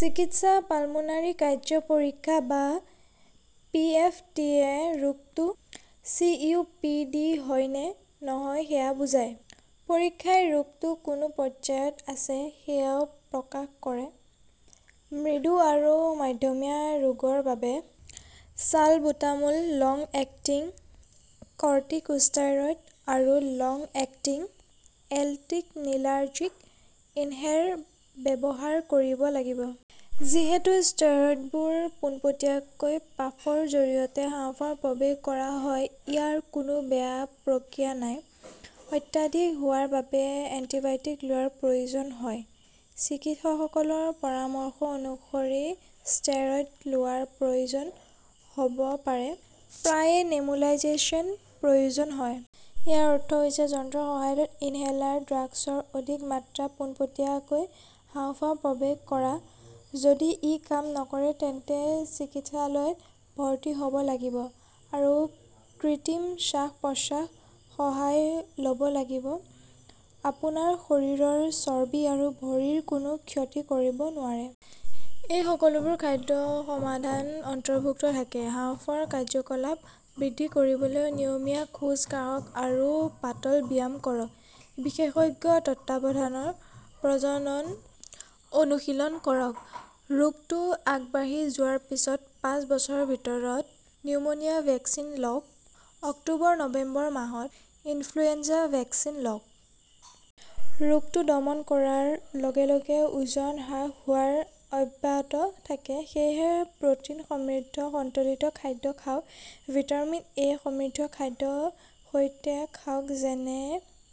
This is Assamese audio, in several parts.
চিকিৎসা পালমোনৰী কাৰ্য্য পৰীক্ষা বা পি. এফ. টি. -য়ে ৰোগটো চি. ও. পি. ডি. হয় নে নহয় সেয়া বুজায়। পৰীক্ষাই ৰোগটো কোন পৰ্যায়ত আছে সেয়াও প্ৰকাশ কৰে। মৃদু আৰু মধ্যমীয়া ৰোগৰ বাবে চালবুটামোল, লং-এক্টিং কৰ্টিকোষ্টেৰইড আৰু লং-এক্টিং এণ্টিকলিনাৰ্জিক ইনহেলৰ ব্যৱহাৰ কৰিব লাগিব। যিহেতু ষ্টেৰইডবোৰ পোনপটীয়াকৈ পাফৰ জৰিয়তে হাঁওফাঁওত প্ৰৱেশ কৰা হয়, ইয়াৰ কোনো বেয়া প্ৰক্ৰিয়া নাই। অত্যাধিক হোৱাৰ বাবে এন্টিবায়টিক লোৱাৰ প্ৰয়োজন হয়। চিকিৎসকৰ পৰামৰ্শ অনুসৰি ষ্টেৰইড লোৱাৰ প্ৰয়োজন হব পাৰে। প্ৰায়ে নেবুলাইজেচনৰ প্ৰয়োজন হয়। ইয়াৰ অৰ্থ হৈছে যন্ত্ৰৰ সহায়ত ইনহেলৰ ড্ৰাগছৰ অধিক মাত্ৰা পোনপটীয়াকৈ হাঁওফাঁওত প্ৰৱেশ কৰা। যদি ই কাম নকৰে তেন্তে চিকিৎসালয়ত ভৰ্তি হব লাগিব আৰু কৃত্ৰিম শ্বাস-প্ৰশ্বাসৰ সহায় লব লাগিব। আপোনাৰ শৰীৰৰ চৰ্বি আৰু ভৰিৰ কোনো ক্ষতি কৰিব নোৱাৰে? এই সকলোবোৰ খাদ্যত সমাধান অন্তৰ্ভুক্ত থাকেঃ হাঁওফাঁওৰ কাৰ্য্যকলাপ বৃদ্ধি কৰিবলৈ নিয়মীয়া খোজ কাঢ়ক আৰু পাতল ব্যায়াম কৰক। বিশেষজ্ঞৰ তত্বাৱধানত প্ৰজনন অনুশীলন কৰক। ৰোগটো আগবাঢ়ি যোৱাৰ পিছত পাঁচ বছৰৰ ভিতৰত নিউমোনিয়া ভেকচিন লওক। অক্টোবৰ-নৱেম্বৰ মাহত ইনফ্লুৱেঞ্জা ভেকচিন লওক। ৰোগটো দমন কৰাৰ লগে লগে ওজন হ্ৰাস হোৱাটো অব্যাহত থাকে। সেয়েহে, প্ৰ 'টিন সমৃদ্ধ সন্তুলিত খাদ্য খাওক। ভিটামিন এ সমৃদ্ধ খাদ্যৰ সৈতে খাওক-যেনে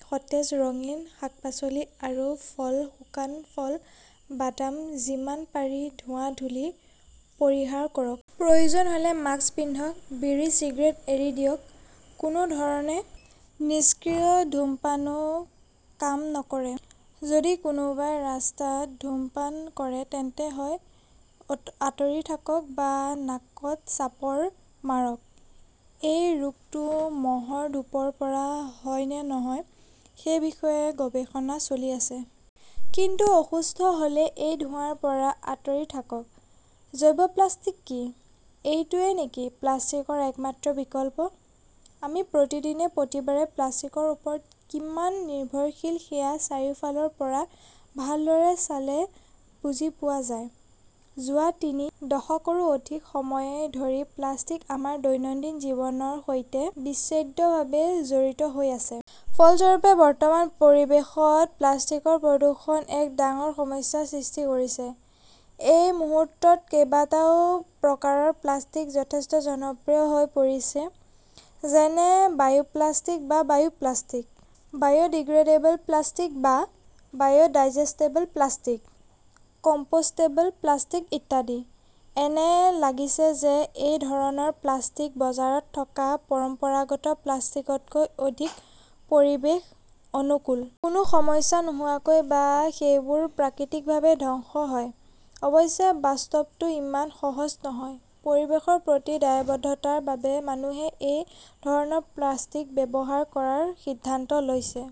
সতেজ ৰঙীন শাক-পাচলি আৰু ফল, শুকান ফল, বাদাম। যিমান পাৰি ধোঁৱা, ধূলি পৰিহাৰ কৰক। প্ৰয়োজন হলে মাস্ক পিন্ধক। বিড়ি-চিগাৰেট এৰি দিয়ক। কোনো ধৰণে নিষ্ক্ৰিয় ধূমপানও কাম নকৰে। যদি কোনোবাই ৰাস্তাত ধূমপান কৰে তেন্তে হয় আঁতৰি থাকক বা নাকত চাপৰ মাৰক। এই ৰোগটো মহৰ ধূপৰ পৰা হয় নে নহয় সেই বিষয়ে গৱেষণা চলি আছে। কিন্তু অসুস্থ হলে এই ধোঁৱাৰ পৰা আঁতৰি থাকক। জৈৱ-প্লাষ্টিক কি? এইটোৱেই নেকি প্লাষ্টিকৰ একমাত্ৰ বিকল্প? আমি প্ৰতিদিনে, প্ৰতিবাৰে প্লাষ্টিকৰ ওপৰত কিমান নিৰ্ভৰশীল সেয়া চাৰিওফালৰ পৰা ভালদৰে চালে বুজি পোৱা যায়। যোৱা তিনি দশকৰো অধিক সময় ধৰি প্লাষ্টিক আমাৰ দৈনন্দিন জীৱনৰ সৈতে অবিচ্ছেদ্যভাৱে জড়িত হৈ আছে। ফলস্বৰূপে, বৰ্তমানৰ পৰিৱেশত প্লাষ্টিকৰ প্ৰদূষণ এক ডাঙৰ সমস্যাৰ সৃষ্টি কৰিছে। এই মুহূৰ্তত কেইবাটাও প্ৰকাৰৰ প্লাষ্টিক যথেষ্ট জনপ্ৰিয় হৈ পৰিছে। যেনে বায়োপ্লাস্টিক বা বায়োপ্লাস্টিক, বায়ডিগ্ৰেডেবল প্লাষ্টিক বা বায়ডাইজেক্টেবল প্লাষ্টিক, কম্পোষ্টেবল প্লাষ্টিক ইত্যাদি। এনে লাগিছে যে এই ধৰণৰ প্লাষ্টিক বজাৰত থকা পৰম্পৰাগত প্লাষ্টিকতকৈ অধিক পৰিৱেশ অনুকূল। কোনো সমস্যা নোহোৱাকৈ বা সেইবোৰ প্ৰাকৃতিকভাৱে ধ্বংস হয়। অৱশ্যে, বাস্তৱটো ইমান সহজ নহয়। পৰিৱেশৰ প্ৰতি দায়বদ্ধতাৰ বাবেই মানুহে এই ধৰণৰ প্লাষ্টিক ব্যৱহাৰ কৰাৰ সিদ্ধান্ত লৈছে।